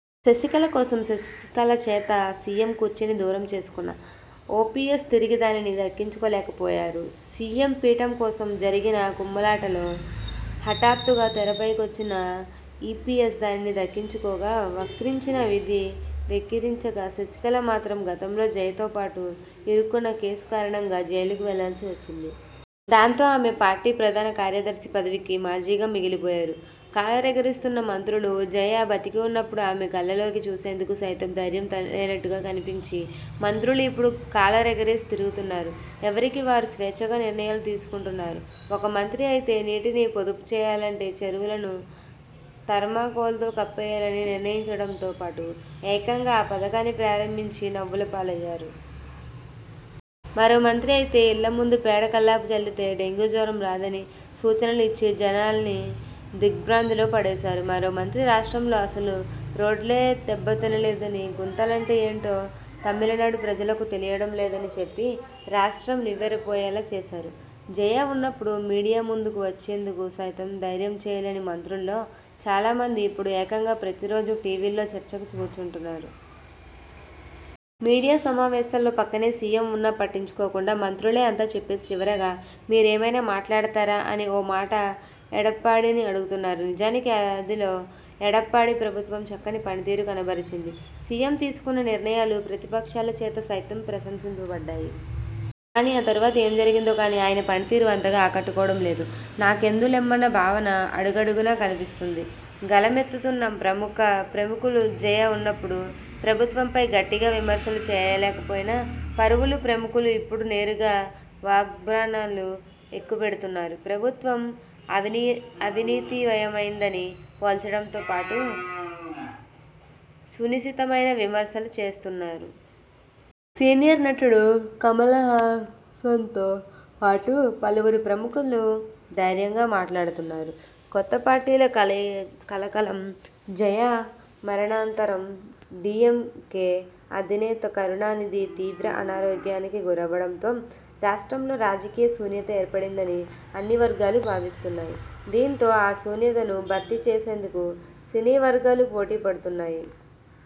శశికళ కోసం, శశికళ చేత సీఎం కుర్చీని దూరం చేసుకున్న ఓపీఎస్ తిరిగి దానిని దక్కించుకోలేకపోయారు. సీఎం పీఠం కోసం జరిగిన కుమ్ములాటలో హఠాత్తుగా తెరపైకొచ్చిన ఈపీఎస్ దానిని దక్కించుకోగా, వక్రించిన విధి వెక్కిరించగా శశికళ మాత్రం గతంలో జయతో పాటు ఇరుక్కున కేసు కారణంగా జైలుకు వెళ్లాల్సి వచ్చింది. దాంతో ఆమె పార్టీ ప్రధాన కార్యదర్శి పదవికీ మాజీగా మిగిలిపోయారు. కాలరెగరేస్తున్న మంత్రులు జయ బతికివున్నప్పుడు ఆమె కళ్లలోకి చూసేందుకు సైతం ధైర్యం లేనట్టుగా కనిపించిన మంత్రులు ఇప్పుడు కాలరెగరేసి తిరుగుతున్నారు. ఎవరికి వారు స్వేచ్ఛగా నిర్ణయాలు తీసుకుంటు న్నారు. ఒక మంత్రి అయితే నీటిని పొదుపు చేయాలంటే చెరువులను థర్మాకోల్తో కప్పేయాలని నిర్ణయించడంతో పాటు ఏకంగా ఆ పథకాన్ని ప్రారంభించి నవ్వుల పాలయ్యారు. మరో మంత్రి అయితే ఇళ్లముందు పేడ కళ్లాపి చల్లితే డెంగ్యూ జ్వరం రాదని సూచనలు ఇచ్చి జనాల్ని దిగ్ర్భాంతిలో పడేశారు. మరో మంత్రి రాష్ట్రంలో అసలు రోడ్లే దెబ్బతినలేదని, గుంతలంటే ఏంటో తమిళనాడు ప్రజలకు తెలియడం లేదని చెప్పి రాష్ట్రం నివ్వెరపోయేలా చేశారు. జయ వున్నప్పుడు మీడియా ముందుకు వచ్చేందుకు సైతం ధైర్యం చేయలేని మంత్రుల్లో చాలామంది ఇప్పుడు ఏకంగా ప్రతిరోజూ టీవీల్లో చర్చకు కూర్చుకుంటున్నారు. మీడియా సమా వేశాల్లో పక్కనే సీఎం వున్నా పట్టించుకోకుండా మంత్రులే అంతా చెప్పేసి చివరగా 'మీరేమైనా మాట్లాడతారా? ' అని ఓ మాట ఎడప్పాడిని అడుగుతున్నారు. నిజానికి ఆదిలో ఎడప్పాడి ప్రభుత్వం చక్కని పనితీరు కనబరచింది. సీఎం తీసుకున్న నిర్ణయాలు ప్రతిపక్షాల చేత సైతం ప్రశంసించబడ్డాయి. కానీ ఆ తరువాత ఏం జరిగిందో కానీ ఆయన పనితీరూ అంతగా ఆకట్టుకోవడం లేదు. నాకెందులెమ్మన్న భావన అడుగడుగునా కనిపిస్తోంది. గళమెత్తుతున్న ప్రముఖులుజయ వున్నప్పుడు ప్రభుత్వంపై గట్టిగా విమర్శలు చేయలేకపోయిన పలువురు ప్రముఖులు ఇప్పుడు నేరుగా వాగ్బాణాలు ఎక్కుపెడుతున్నారు. ప్రభుత్వం అవినీతివయమైందని పోల్చడంతో పాటు సునిశితమైన విమర్శలు చేస్తున్నారు. సీనియర్ నటుడు కమలహాసన్తో పాటు పలువురు ప్రముఖులు ధైర్యంగా మాట్లాడుతున్నారు. కొత్త పార్టీల కలకలం! జయ మరణానంతరం, డీఎంకే అధినేత కరుణానిధి తీవ్ర అనారోగ్యానికి గురవ్వడంతో రాష్ట్రంలో రాజకీయ శూన్యత ఏర్పడిందని అన్ని వర్గాలు భావిస్తున్నాయి. దీంతో ఆ శూన్యతను భర్తీ చేసేందుకు సినీవర్గాలు పోటీపడుతున్నాయి.